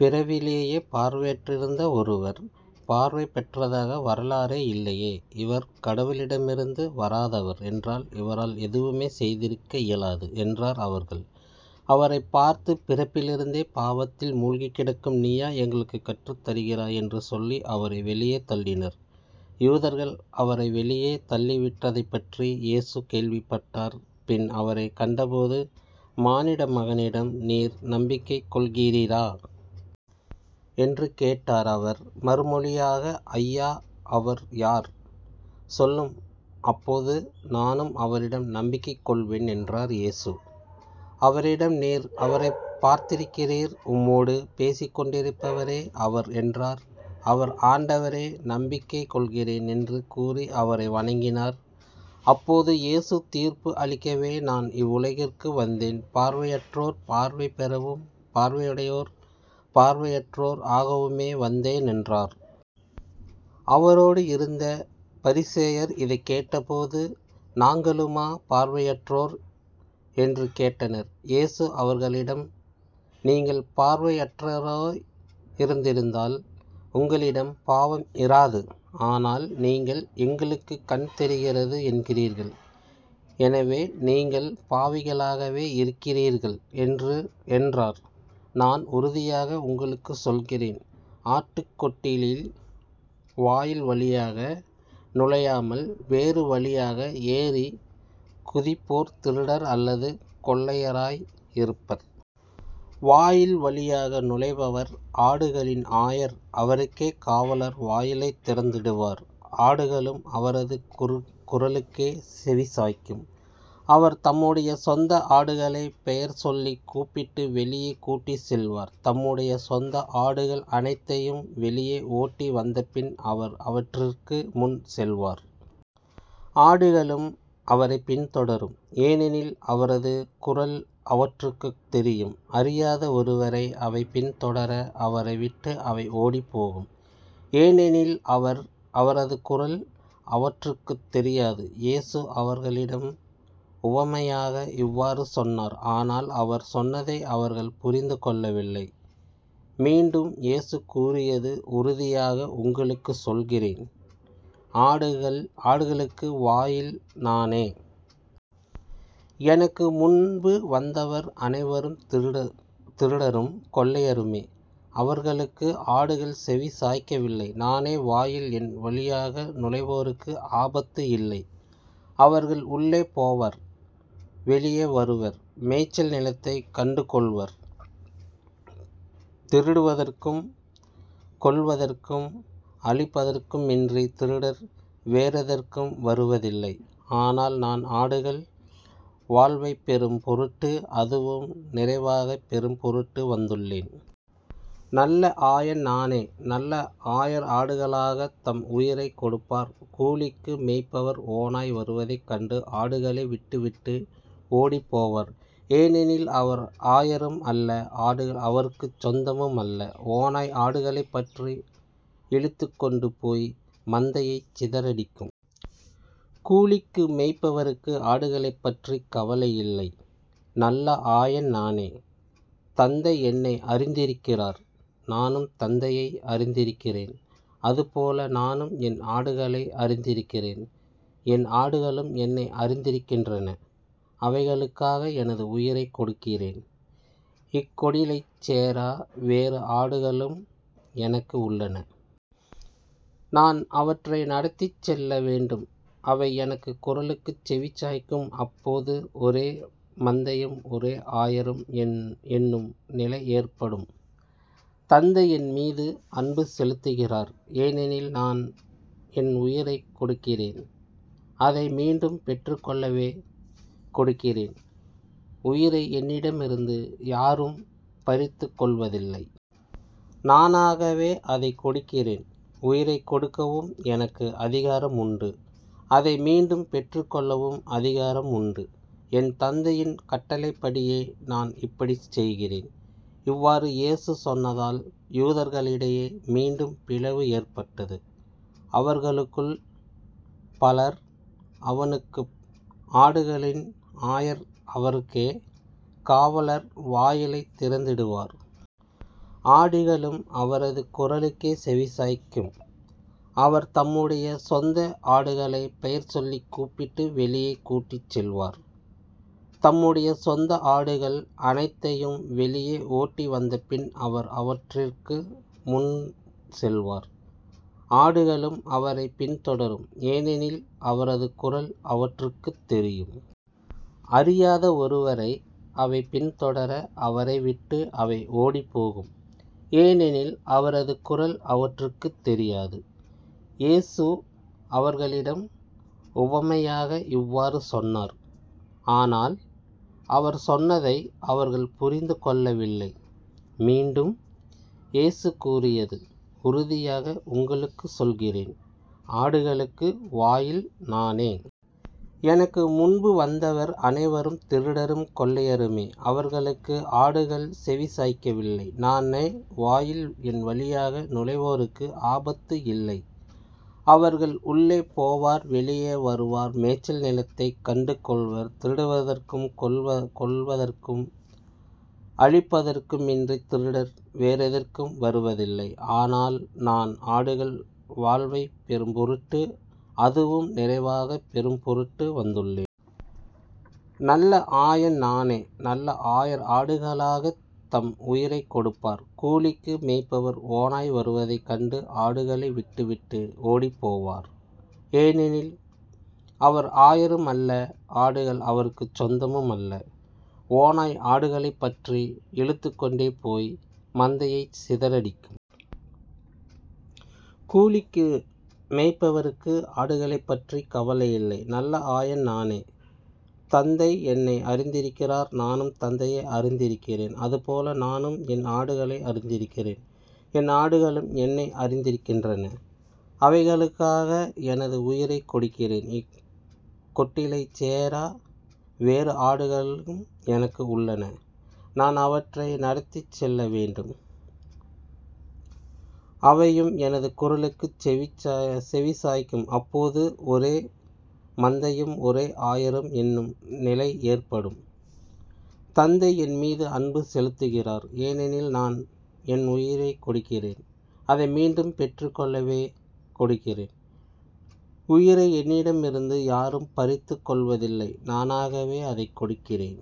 பிறவிலேயே பார்வையற்றிருந்த ஒருவர் பார்வை பெற்றதாக வரலாறே இல்லையே. இவர் கடவுளிடமிருந்து வராதவர் என்றால் இவரால் எதுவுமே செய்திருக்க இயலாது என்றார். அவர்கள் அவரைப் பார்த்து பிறப்பிலிருந்தே பாவத்தில் மூழ்கிக் கிடக்கும் நீயா எங்களுக்குக் கற்றுத் தருகிறாய்? என்று சொல்லி அவரை வெளியே தள்ளினர். யூதர்கள் அவரை வெளியே தள்ளிவிட்டதைப்பற்றி இயேசு கேள்விப்பட்டார் பின் அவரைக் கண்டபோது மானிடமகனிடம் நீர் நம்பிக்கை கொள்கிறீரா? என்று கேட்டார். அவர் மறுமொழியாக ஐயா அவர் யார்? சொல்லும். அப்போது நானும் அவரிடம் நம்பிக்கை கொள்வேன் என்றார். இயேசு அவரிடம் நீர் அவரைப் பார்த்திருக்கிறீர். உம்மோடு பேசிக்கொண்டிருப்பவரே அவர் என்றார். அவர் ஆண்டவரே நம்பிக்கைகொள்கிறேன் என்று கூறி அவரை வணங்கினார். அப்போது இயேசு தீர்ப்பு அளிக்கவே நான் இவ்வுலகிற்கு வந்தேன் பார்வையற்றோர் பார்வை பெறவும் பார்வையுடையோர் பார்வையற்றோர் ஆகவுமே வந்தேன் என்றார். அவரோடு இருந்த பரிசேயர் இதைக் கேட்டபோது நாங்களுமா பார்வையற்றோர்? என்று கேட்டனர். இயேசு அவர்களிடம் நீங்கள் பார்வையற்றோராய் இருந்திருந்தால் உங்களிடம் பாவம் இராது. ஆனால் நீங்கள் எங்களுக்குக் கண் தெரிகிறது என்கிறீர்கள். எனவே நீங்கள் பாவிகளாகவே இருக்கிறீர்கள் என்று என்றார். நான் உறுதியாக உங்களுக்குச் சொல்கிறேன் ஆட்டுக் கொட்டிலில் வாயில் வழியாக நுழையாமல் வேறு வழியாக ஏறிக் குதிப்போர் திருடர் அல்லது கொள்ளையராய் இருப்பர். வாயில் வழியாக நுழைபவர் ஆடுகளின் ஆயர். அவருக்கே காவலர் வாயிலைத் திறந்துவிடுவார். ஆடுகளும் அவரது குரலுக்கே செவிசாய்க்கும். அவர் தம்முடைய சொந்த ஆடுகளைப் பெயர் சொல்லிக் கூப்பிட்டு வெளியே கூட்டிச் செல்வார். தம்முடைய சொந்த ஆடுகள் அனைத்தையும் வெளியே ஓட்டி வந்தபின் அவர் அவற்றிற்கு முன் செல்வார். ஆடுகளும் அவரைப் பின்தொடரும். ஏனெனில் அவரது குரல் அவற்றுக்குத் தெரியும். அறியாத ஒருவரை அவை பின்தொடர. அவரை விட்டு அவை ஓடிப்போகும். ஏனெனில் அவரது குரல் அவற்றுக்குத் தெரியாது. இயேசு அவர்களிடம் உவமையாக இவ்வாறு சொன்னார். ஆனால் அவர் சொன்னதை அவர்கள் புரிந்து கொள்ளவில்லை. மீண்டும் இயேசு கூறியது உறுதியாக உங்களுக்குச் சொல்கிறேன் ஆடுகள் ஆடுகளுக்கு வாயில் நானே. எனக்கு முன்பு வந்தவர் அனைவரும்திருடர் திருடரும் கொள்ளையருமே. அவர்களுக்கு ஆடுகள் செவிசாய்க்கவில்லை. நானே வாயில். என் வழியாக நுழைவோருக்கு ஆபத்து இல்லை. அவர்கள் உள்ளே போவர் வெளியே வருவர் மேய்ச்சல் நிலத்தைக் கண்டுகொள்வர். திருடுவதற்கும் கொல்வதற்கும் அழிப்பதற்குமன்றித் திருடர் வேறெதற்கும் வருவதில்லை. ஆனால் நான் ஆடுகள் வாழ்வைப் பெறும்பொருட்டு அதுவும் நிறைவாகப் பெறும் பொருட்டு வந்துள்ளேன். நல்ல ஆயன் நானே. நல்ல ஆயர் ஆடுகளாக தம் உயிரைக் கொடுப்பார். "கூலிக்கு மேய்ப்பவர் ஓநாய் வருவதைக் கண்டு ஆடுகளை விட்டு விட்டு ஓடிப்போவார். ஏனெனில் அவர் ஆயரும் அல்ல ஆடுகள் அவருக்குச் சொந்தமும் அல்ல ஓநாய் ஆடுகளைப் பற்றிப் இழுத்துக்கொண்டு போய் மந்தையைச் சிதறடிக்கும். கூலிக்கு மேய்ப்பவருக்கு ஆடுகளைப்பற்றி கவலை இல்லை. நல்ல ஆயன் நானே. தந்தை என்னை அறிந்திருக்கிறார் நானும் தந்தையை அறிந்திருக்கிறேன். அதுபோல நானும் என் ஆடுகளை அறிந்திருக்கிறேன் என் ஆடுகளும் என்னை அறிந்திருக்கின்றன. அவைகளுக்காக எனது உயிரைக் கொடுக்கிறேன். இக்ககொடிலைச் சேரா வேறு ஆடுகளும் எனக்கு உள்ளன. நான் அவற்றை நடத்திச் செல்லவேண்டும். அவை எனக்கு குரலுக்குச் செவி சாய்க்கும். அப்போது ஒரே மந்தையும் ஒரே ஆயரும் என் என்னும் நிலை ஏற்படும். தந்தை என்மீது அன்பு செலுத்துகிறார். ஏனெனில் நான் என் உயிரைக் கொடுக்கிறேன் அதை மீண்டும் பெற்றுக்கொள்ளவே கொடுக்கிறேன். உயிரை என்னிடமிருந்து யாரும் பறித்துக் கொள்வதில்லை. நானாகவே அதைக் கொடுக்கிறேன். உயிரைக் கொடுக்கவும் எனக்கு அதிகாரம் உண்டு அதை மீண்டும் பெற்றுக் கொள்ளவும் அதிகாரம் உண்டு. என் தந்தையின் கட்டளைப்படியே நான் இப்படிச் செய்கிறேன். இவ்வாறு இயேசு சொன்னதால் யூதர்களிடையே மீண்டும் பிளவு ஏற்பட்டது. அவர்களுள் பலர் அவனுக்குப் ஆடுகளின் ஆயர். அவருக்கே காவலர் வாயிலைத் திறந்துவிடுவார். ஆடுகளும் அவரது குரலுக்கே செவிசாய்க்கும். அவர் தம்முடைய சொந்த ஆடுகளைப் பெயர் சொல்லிக் கூப்பிட்டு வெளியே கூட்டிச் செல்வார். தம்முடைய சொந்த ஆடுகள் அனைத்தையும் வெளியே ஓட்டி வந்தபின் அவர் அவற்றிற்கு முன் செல்வார். ஆடுகளும் அவரைப் பின்தொடரும். ஏனெனில் அவரது குரல் அவற்றுக்குத் தெரியும். அறியாத ஒருவரை அவை பின்தொடர. அவரை விட்டு அவை ஓடிப்போகும். ஏனெனில் அவரது குரல் அவற்றுக்குத் தெரியாது. இயேசு அவர்களிடம் உவமையாக இவ்வாறு சொன்னார். ஆனால் அவர் சொன்னதை அவர்கள் புரிந்து கொள்ளவில்லை. மீண்டும் இயேசு கூறியது உறுதியாக உங்களுக்குச் சொல்கிறேன் ஆடுகளுக்கு வாயில் நானே. எனக்கு முன்பு வந்தவர் அனைவரும் திருடரும் கொள்ளையருமே. அவர்களுக்கு ஆடுகள் செவிசாய்க்கவில்லை. நானே வாயில். என் வழியாக நுழைவோருக்கு ஆபத்து இல்லை. அவர்கள் உள்ளே போவார் வெளியே வருவார் மேய்ச்சல் நிலத்தைக் கண்டுகொள்வர். திருடுவதற்கும் கொல்வதற்கும் அழிப்பதற்குமின்றித் திருடர் வேறெதற்கும் வருவதில்லை. ஆனால் நான் ஆடுகள் வாழ்வைப் பெறும்பொருட்டு அதுவும் நிறைவாகப் பெறும் பொருட்டு வந்துள்ளேன். நல்ல ஆயன் நானே. நல்ல ஆயர் ஆடுகளாகத் தம் உயிரைக் கொடுப்பார். "கூலிக்கு மேய்ப்பவர் ஓநாய் வருவதைக் கண்டு ஆடுகளை விட்டு விட்டு ஓடிப்போவார். ஏனெனில் அவர் ஆயரும் அல்ல ஆடுகள் அவருக்குச் சொந்தமும் அல்ல ஓநாய் ஆடுகளைப் பற்றிப் இழுத்துக்கொண்டு போய் மந்தையைச் சிதறடிக்கும். கூலிக்கு மேய்ப்பவருக்கு ஆடுகளைப்பற்றி கவலை இல்லை. நல்ல ஆயன் நானே. தந்தை என்னை அறிந்திருக்கிறார் நானும் தந்தையை அறிந்திருக்கிறேன். அதுபோல நானும் என் ஆடுகளை அறிந்திருக்கிறேன் என் ஆடுகளும் என்னை அறிந்திருக்கின்றன. அவைகளுக்காக எனது உயிரைக் கொடுக்கிறேன். இக்கொட்டிலைச் சேரா வேறு ஆடுகளும் எனக்கு உள்ளன. நான் அவற்றை நடத்திச் செல்லவேண்டும். அவையும் எனது குரலுக்குச் செவி சாய்க்கும். அப்போது ஒரே மந்தையும் ஒரே ஆயரும் என்னும் நிலை ஏற்படும். தந்தை என்மீது அன்பு செலுத்துகிறார். ஏனெனில் நான் என் உயிரைக் கொடுக்கிறேன் அதை மீண்டும் பெற்றுக்கொள்ளவே கொடுக்கிறேன். உயிரை என்னிடமிருந்து யாரும் பறித்துக் கொள்வதில்லை. நானாகவே அதைக் கொடுக்கிறேன்.